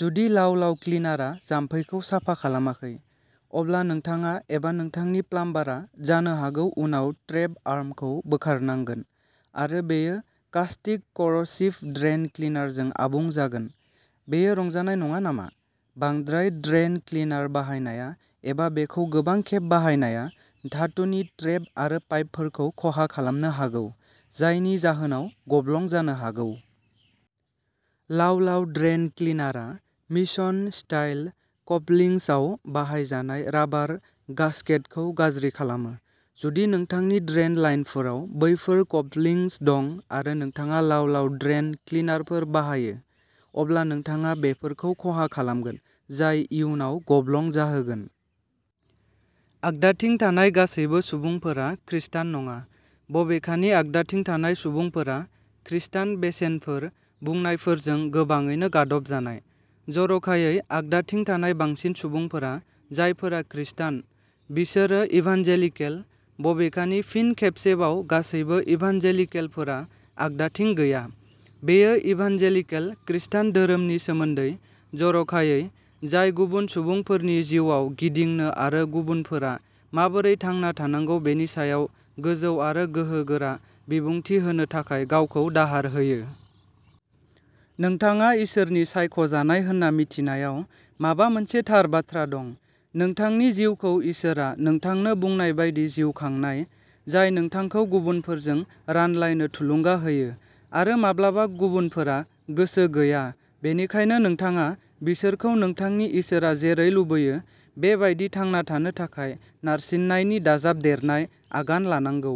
जुदि लाव-लाव क्लिनारा जामफैखौ साफा खालामाखै, अब्ला नोंथाङा एबा नोंथांनि प्लाम्बारा जानो हागौ उनाव ट्रेप आर्मखौ बोखारनांगोन आरो बेयो कास्टिक कर'सिभ ड्रेइन क्लिनारजों आबुं जागोन। बेयो रंजानाय नङा नामा? बांद्राय ड्रेइन क्लिनार बाहायनाया, एबा बेखौ गोबां खेब बाहायनाया, धातुनि ट्रेप आरो पाइपफोरखौ खहा खालामनो हागौ, जायनि जाहोनाव गब्लं जानो हागौ। लाव-लाव ड्रेइन क्लिनारआ "मिशन" स्टाइल कपलिंग्सआव बाहायजानाय राबार गास्केटखौ गाज्रि खालामो। जुदि नोंथांनि ड्रेइन लाइनफोराव बैफोर कपलिंग्स दं आरो नोंथाङा लाव-लाव ड्रेइन क्लिनारफोर बाहायो, अब्ला नोंथाङा बेफोरखौ खहा खालामगोन, जाय इयुनाव गब्लं जाहोगोन। आगदाथिं थानाय गासैबो सुबुंफोरा खृस्टान नङा, बबेखानि आगदाथिं थानाय सुबुंफोरा "खृस्टान बेसेनफोर" बुंनायफोरजों गोबाङैनो गादबजानाय। जर'खायै, आगदाथिं थानाय बांसिन सुबुंफोरा जायफोरा खृस्टान, बिसोरो इभान्जेलिकेल, बबेखानि फिन खेबसेबाव गासैबो इभान्जेलिकेलफोरा आगदाथिं गैया। बेयो इभान्जेलिकेल खृस्टान धोरोमनि सोमोन्दै, जर'खायै, जाय गुबुन सुबुंफोरनि जिउआव गिदिंनो आरो गुबुनफोरा माबोरै थांना थानांगौ बेनि सायाव गोजौ आरो गोहोगोरा बिबुंथि होनो थाखाय गावखौ दाहार होयो। नोंथाङा इसोरनि सायख'जानाय होन्ना मिथिनायाव माबा मोनसे थार बाथ्रा दं, नोंथांनि जिउखौ इसोरआ नोंथांनो बुंनाय बायदि जिउ खांनाय, जाय नोंथांखौ गुबुनफोरजों रानलायनो थुलुंगा होयो। आरो माब्लाबा गुबुनफोरा गोसो गैया, बेनिखायनो नोंथाङा बिसोरखौ नोंथांनि इसोरआ जेरै लुबैयो बे बायदि थांना थानो थाखाय नारसिननायनि दाजाबदेरनाय आगान लानांगौ।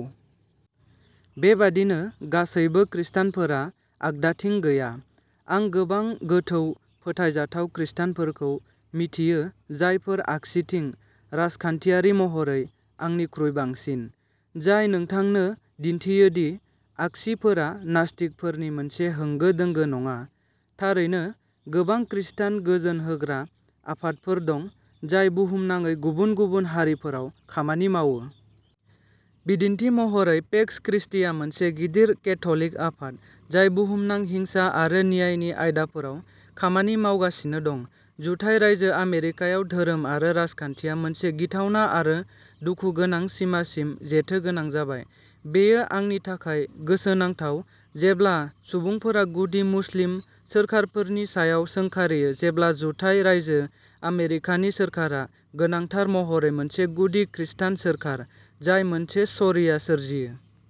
बेबायदिनो, गासैबो खृस्टानफोरा आगदाथिं गैया। आं गोबां गोथौ फोथायजाथाव खृस्टानफोरखौ मिथियो जायफोरा आगसिथिं, राजखान्थियारि महरै, आंनिख्रुइ बांसिन। जाय नोंथांनो दिन्थियो दि आगसिफोरा नास्तिकफोरनि मोनसे होंगो-दोंगो नङा। थारैनो, गोबां खृस्टान गोजोन होग्रा आफादफोर दं जाय बुहुमनाङै गुबुन-गुबुन हारिफोराव खामानि मावो। बिदिन्थि महरै, पेक्स क्रिस्टीआ मोनसे गिदिर केथ'लिक आफाद जाय बुहुमनां हिंसा आरो न्यायनि आयदाफोराव खामानि मावगासिनो दं। जुथाइ रायजो आमेरिकायाव धोरोम आरो राजखान्थिया मोनसे गिथावना आरो दुखुगोनां सिमासिम जेथोगोनां जाबाय। बेयो आंनि थाखाय गोसोनांथाव जेब्ला सुबुंफोरा गुदि मुस्लिम सोरखारफोरनि सायाव सोंखारियो जेब्ला जुथाइ रायजो आमेरिकानि सोरखारा गोनांथार महरै मोनसे गुदि खृस्टान सोरखार, जाय मोनसे शरिया सोरजियो।